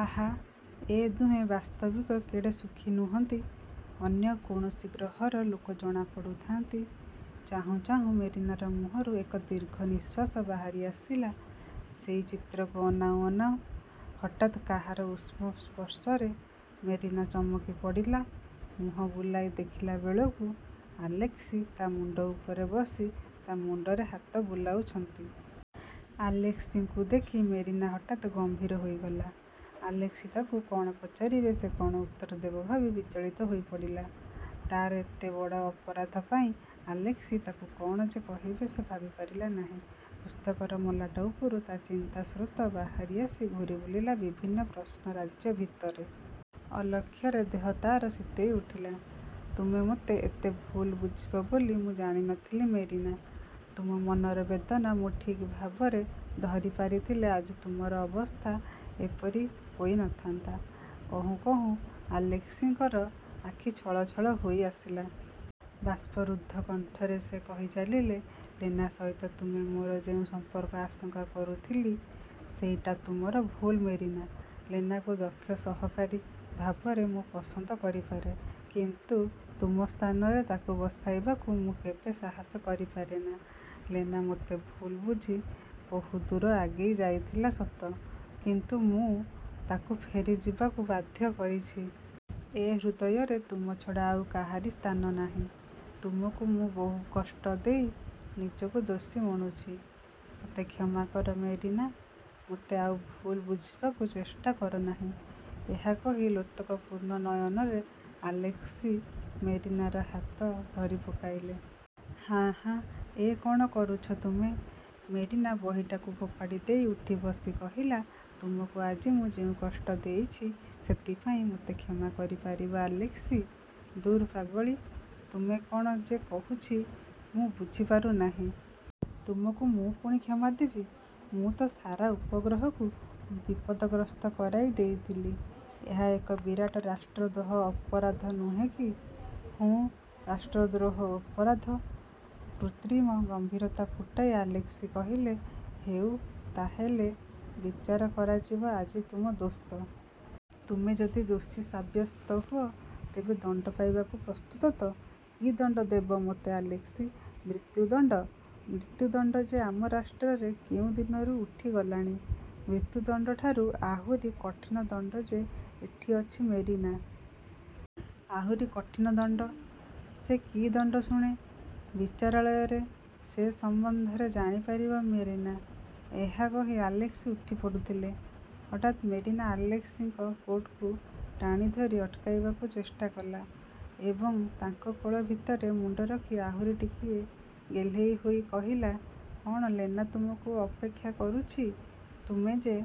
ଆହା, ଏ ଦୁହେଁ ବାସ୍ତବିକ କେଡ଼େ ସୁଖୀ ନୁହନ୍ତି? ଅନ୍ୟ କୌଣସି ଗ୍ରହର ଲୋକ ଜଣାପଡ଼ୁଥାନ୍ତି। ଚାହୁଁ ଚାହୁଁ ମେରିନାର ମୁହଁରୁ ଏକ ଦୀର୍ଘ ନିଃଶ୍ୱାସ ବାହାରି ଆସିଲା ସେଇ ଚିତ୍ରକୁ ଅନାଉଁ ଅନାଉଁ। ହଠାତ୍ କାହାର ଉଷ୍ଣ ସ୍ପର୍ଶରେ ମେରିନା ଚମକି ପଡ଼ିଲା। ମୁହଁ ବୁଲାଇ ଦେଖିଲାବେଳକୁ ଆଲେସ୍କି ତା' ମୁଣ୍ଡ ଉପରେ ବସି ତା ମୁଣ୍ଡରେ ହାତ ବୁଲାଉଛନ୍ତି। ଆଲେସ୍କିଙ୍କୁ ଦେଖି ମେରିନା ହଠାତ୍ ଗମ୍ଭୀର ହୋଇଗଲା। ଆଲେସ୍କି ତାକୁ କଣ ପଚାରିବେ, ସେ କଣ ଉତ୍ତର ଦେବ ଭାବି ବିଚଳିତ ହୋଇପଡ଼ିଲା। ତା'ର ଏତେ ବଡ଼ ଅପରାଧ ପାଇଁ ଆଲେସ୍କି ତାକୁ କଣ ଯେ କହିବେ, ସେ ଭାବିପାରିଲା ନାହିଁ। ପୁସ୍ତକର ମଲାଟ ଉପରୁ ତା ଚିନ୍ତାସ୍ରୋତ ବାହାରି ଆସି ଘୂରିବୁଲିଲା ବିଭିନ୍ନ ପ୍ରଶ୍ନ-ରାଜ୍ୟ ଭିତରେ। ଅଲକ୍ଷ୍ୟରେ ଦେହ ତାର ଶୀତେଇ ଉଠିଲା। ''ତୁମେ ମୋତେ ଏତେ ଭୁଲ ବୁଝିବ ବୋଲି ମୁଁ ଜାଣି ନଥିଲି ମେରିନା! ତୁମ ମନର ବେଦନା ମୁଁ ଠିକ୍ ଭାବରେ ଧରିପାରିଥିଲେ ଆଜି ତୁମର ଅବସ୍ଥା ଏପରି ହୋଇ ନଥାନ୍ତା। '' କହୁଁ କହୁଁ ଆଲେସ୍କିଙ୍କର ଆଖି ଛଳଛଳ ହୋଇଆସିଲା। ବାଷ୍ପରୁଦ୍ଧ କଣ୍ଠରେ ସେ କହିଚାଲିଲେ, ''ଲେନା ସହିତ ତୁମେ ମୋର ଯେଉଁ ସମ୍ପର୍କ ଆଶଙ୍କା କରୁଥିଲି, ସେଇଟା ତୁମର ଭୁଲ ମେରିନା! ଲେନାକୁ ଦକ୍ଷ ସହକାରୀ ଭାବରେ ମୁଁ ପସନ୍ଦ କରିପାରେ; କିନ୍ତୁ ତୁମ ସ୍ଥାନରେ ତାକୁ ବସାଇବାକୁ ମୁଁ କେବେ ସାହସ କରିପାରେନା। ଲେନା ମୋତେ ଭୁଲ୍ ବୁଝି ବହୁ ଦୂର ଆଗେଇଯାଇଥିଲା ସତ; କିନ୍ତୁ ମୁଁ ତାକୁ ଫେରିଯିବାକୁ ବାଧ୍ୟ କରିଛି। ଏ ହୃଦୟରେ ତୁମ ଛଡ଼ା ଆଉ କାହାରି ସ୍ଥାନ ନାହିଁ। ତୁମକୁ ମୁଁ ବହୁକଷ୍ଟ ଦେଇ ନିଜକୁ ଦୋଷୀ ମଣୁଛି। ମୋତେ କ୍ଷମାକର ମେରିନା! ମୋତେ ଆଉ ଭୁଲ ବୁଝିବାକୁ ଚେଷ୍ଟା କରନାହିଁ। '' ଏହା କହି ଲୋତକପୂର୍ଣ୍ଣ ନୟନରେ ଆଲେସ୍କି ମେରିନାର ହାତ ଧରିପକାଇଲେ। ''ହାଁ, ହାଁ, ଏ କଣ କରୁଛ ତୁମେ? '' ମେରିନା ବହିଟାକୁ ଫୋପାଡ଼ି ଦେଇ ଉଠି ବସି କହିଲା, ''ତୁମକୁ ଆଜି ମୁଁ ଯେଉଁ କଷ୍ଟ ଦେଇଛି, ସେଥିପାଇଁ ମୋତେ କ୍ଷମା କରିପାରିବ ଆଲେସ୍କି? '' ''ଦୂର୍ ପାଗଳି, ତୁମେ କ'ଣ ଯେ କହୁଛି ମୁଁ ବୁଝିପାରୁନାହିଁ। ତୁମକୁ ମୁଁ ପୁଣି କ୍ଷମା ଦେବି-? '' ''ମୁଁ ତ ସାରା ଉପଗ୍ରହକୁ ବିପଦଗ୍ରସ୍ତ କରାଇ ଦେଇଥିଲି। ଏହା ଏକ ବିରାଟ ରାଷ୍ଟ୍ରଦ୍ରୋହ ଅପରାଧ ନୁହେଁ କି? '' ''ହୁଁ, ରାଷ୍ଟ୍ରଦ୍ରୋହ ଅପରାଧ! '' କୃତ୍ରିମ ଗମ୍ଭୀରତା ଫୁଟାଇ ଆଲେସ୍କି କହିଲେ, ''ହେଉ, ତା' ହେଲେ ବିଚାର କରାଯିବ ଆଜି ତୁମ ଦୋଷ। ତୁମେ ଯଦି ଦୋଷୀ ସାବ୍ୟସ୍ତ ହୁଅ, ତେବେ ଦଣ୍ଡ ପାଇବାକୁ ପ୍ରସ୍ତୁତ ତ? '' ''କି ଦଣ୍ଡ ଦେବ ମୋତେ ଆଲେସ୍କି? ମୃତ୍ୟୁଦଣ୍ଡ? ମୃତ୍ୟୁଦଣ୍ଡ ଯେ ଆମ ରାଷ୍ଟ୍ରରେ କେଉଁ ଦିନରୁ ଉଠିଗଲାଣି। '' ''ମୃତ୍ୟୁଦଣ୍ଡଠାରୁ ଆହୁରି କଠିନ ଦଣ୍ଡ ଯେ ଏଠି ଅଛି ମେରିନା! '' ''ଆହୁରି କଠିନ ଦଣ୍ଡ? ସେ କି ଦଣ୍ଡ ଶୁଣେ? '' ''ବିଚାରାଳୟରେ। ସେ ସମ୍ବନ୍ଧରେ ଜାଣିପାରିବ ମେରିନା। '' ଏହା କହି ଆଲେସ୍କି ଉଠିପଡ଼ୁଥିଲେ। ହଠାତ୍ ମେରିନା ଆଲେସ୍କିଙ୍କ କୋଟକୁ ଟାଣି ଧରି ଅଟକାଇବାକୁ ଚେଷ୍ଟା କଲା ଏବଂ ତାଙ୍କ କୋଳ ଭିତରେ ମୁଣ୍ଡ ରଖି ଆହୁରି ଟିକିଏ ଗେହ୍ଲେଇ ହୋଇ କହିଲା, ''କଣ ଲେନା ତୁମକୁ ଅପେକ୍ଷା କରୁଛି? ତୁମେ ଯେ